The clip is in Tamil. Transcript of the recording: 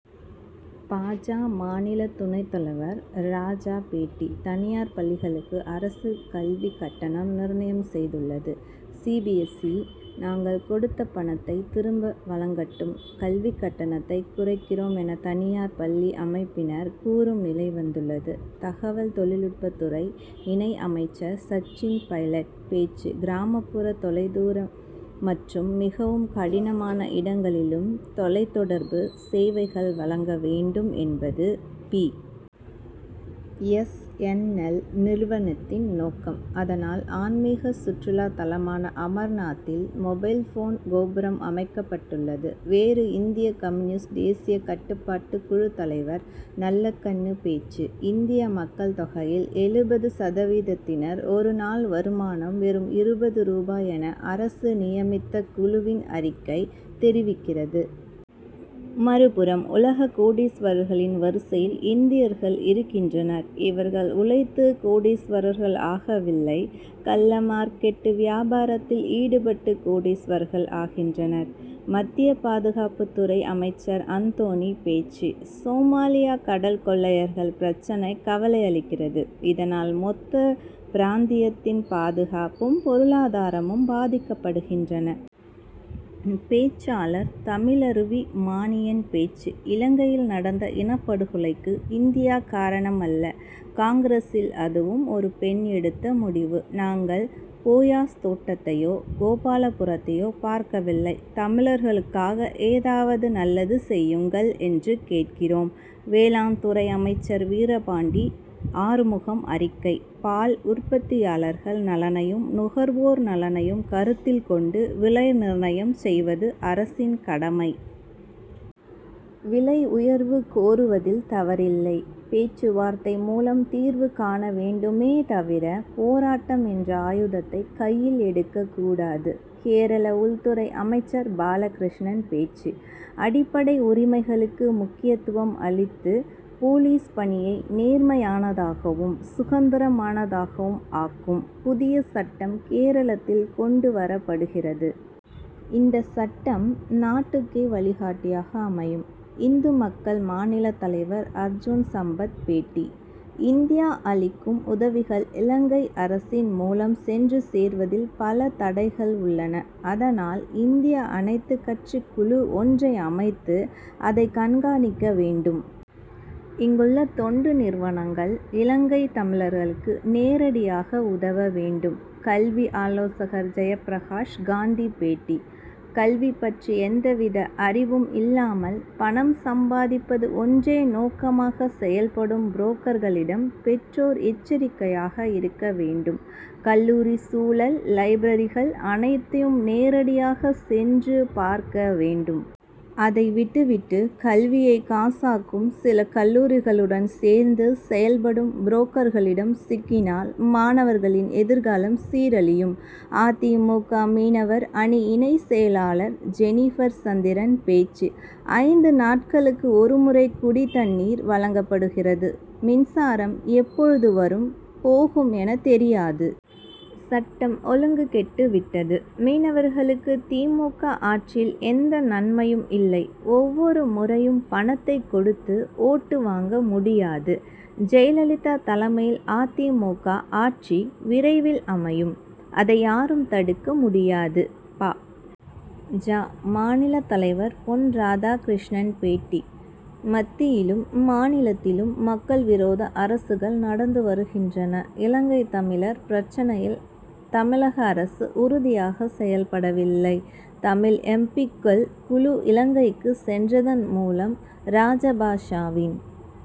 பா. ஜ. மாநில துணைத் தலைவர் ராஜா பேட்டி தனியார் பள்ளிகளுக்கு அரசு கல்வி கட்டணம் நிர்ணயம் செய்துள்ளது. சி. பி. எஸ். நாங்கள் கொடுத்த பணத்தை திரும்ப வழங்கட்டும் கல்வி கட்டணத்தை குறைக்கிறோம் என தனியார் பள்ளி அமைப்பினர் கூறும் நிலை உள்ளது. தகவல் தொழில்நுட்பத்துறை இணை அமைச்சர் சச்சின் பைலட் பேச்சு கிராமப்புற தொலைதூர மற்றும் மிகவும் கடினமான இடங்களிலும் தொலைத்தொடர்பு சேவைகளை வழங்க வேண்டும் என்பது பி. எஸ். என். எல். நிறுவனத்தின் நோக்கம். அதனால் ஆன்மிக சுற்றுலா தலமான அமர்நாத்தில் மொபைல்போன் கோபுரம் அமைக்கப்பட்டுள்ளது. வேறு இந்திய கம்யூனிஸ்ட் தேசிய கட்டுப்பாட்டு குழு தலைவர் நல்லகண்ணு பேச்சு இந்திய மக்கள் தொகையில் எழுபது சதவீதத்தினர் ஒரு நாள் வருமானம் வெறும் இருபது ரூபாய் என அரசு நியமித்த குழுவின் அறிக்கை தெரிவிக்கிறது. மறுபுறம் உலக கோடீஸ்வரர்களின் வரிசையில் இந்தியர்கள் இருக்கின்றனர். இவர்கள் உழைத்து கோடீஸ்வரர்கள் ஆகவில்லை. கள்ள மார்க்கெட் வியாபாரத்தில் ஈடுபட்டு கோடீஸ்வரர்கள் ஆகின்றனர். மத்திய பாதுகாப்புத்துறை அமைச்சர் அந்தோணி பேச்சு சோமாலிய கடல் கொள்ளையர்கள் பிரச்னை கவலை அளிக்கிறது. இதனால் மொத்த பிராந்தியத்தின் பாதுகாப்பும் பொருளாதாரமும் பாதிக்கப்படுகின்றன. பேச்சாளர் தமிழருவி மணியன் பேச்சு இலங்கையில் நடந்த இனப்படுகொலைக்கு இந்தியா காரணம் அல்ல. காங்கிரசில் அதுவும் ஒரு பெண் எடுத்த முடிவு. நாங்கள் போயஸ் தோட்டத்தையோ கோபாலபுரத்தையோ பார்க்கவில்லை. தமிழர்களுக்காக ஏதாவது நல்லது செய்யுங்கள் என்று கேட்கிறோம். வேளாண்துறை அமைச்சர் வீரபாண்டி ஆறுமுகம் அறிக்கை பால் உற்பத்தியாளர்கள் நலனையும் நுகர்வோர் நலனையும் கருத்தில் கொண்டு விலை நிர்ணயம் செய்வது அரசின் கடமை. விலை உயர்வு கோருவதில் தவறில்லை. பேச்சுவார்த்தை மூலம் தீர்வு காண வேண்டுமே தவிர போராட்டம் என்ற ஆயுதத்தை கையில் எடுக்கக்கூடாது. கேரள உள்துறை அமைச்சர் பாலகிருஷ்ணன் பேச்சு அடிப்படை உரிமைகளுக்கு முக்கியத்துவம் அளித்து போலீஸ் பணியை நேர்மையானதாகவும் சுதந்திரமானதாகவும் ஆக்கும் புதிய சட்டம் கேரளத்தில் கொண்டு வரப்படுகிறது. இந்த சட்டம் நாட்டிற்கே வழிகாட்டியாக அமையும். இந்து மக்கள் மாநிலத் தலைவர் அர்ஜுன் சம்பத் பேட்டி இந்தியா அளிக்கும் உதவிகள் இலங்கை அரசின் மூலம் சென்று சேர்வதில் பல தடைகள் உள்ளன. அதனால் இந்தியா அனைத்து கட்சிக் குழு ஒன்றை அமைத்து அதை கண்காணிக்க வேண்டும். இங்குள்ள தொண்டு நிறுவனங்கள் இலங்கைத் தமிழர்களுக்கு நேரடியாக உதவ வேண்டும். கல்வி ஆலோசகர் ஜெயப்பிரகாஷ் காந்தி பேட்டி கல்வி பற்றி எந்தவித அறிவும் இல்லாமல் பணம் சம்பாதிப்பது ஒன்றே நோக்கமாகச் செயல்படும் புரோக்கர்களிடம் பெற்றோர் எச்சரிக்கையாக இருக்க வேண்டும். கல்லூரி சூழல் லேப் லைப்ரரிகள் அனைத்தையும் நேரடியாக சென்று பார்க்க வேண்டும். அதை விட்டுவிட்டு கல்வியைக் காசாக்கும் சில கல்லூரிகளுடன் சேர்ந்து செயல்படும் புரோக்கர்களிடம் சிக்கினால் மாணவனின் எதிர்காலம் சீரழியும். அ. தி. மு. க. மீனவர் அணி இணை செயலர் ஜெனிபர் சந்திரன் பேச்சு ஐந்து நாட்களுக்கு ஒரு முறை குடிநீர் வழங்கப்படுகிறது. மின்சாரம் எப்போது வரும் போகும் எனத் தெரியாது. சட்டம் ஒழுங்கு கெட்டு விட்டது. மீனவர்களுக்கு தி. மு. க. ஆட்சியில் எந்த நன்மையும் இல்லை. ஒவ்வொரு முறையும் பணத்தை கொடுத்து ஓட்டு வாங்க முடியாது. ஜெயலலிதா தலைமையில் அ. தி. மு. க. ஆட்சி விரைவில் அமையும். அதை யாரும் தடுக்க முடியாது. பா. ஜ. மாநிலத் தலைவர் பொன். ராதாகிருஷ்ணன் பேட்டி மத்தியிலும் மாநிலத்திலும் மக்கள் விரோத அரசுகள் நடந்து வருகின்றன. இலங்கைத் தமிழர் பிரச்னையில் தமிழக அரசு உறுதியாக செயல்படவில்லை. தமிழ் எம். பி.க்கள் குழு இலங்கைக்கு சென்றதன் மூலம் ராஜபக்ஷேவின்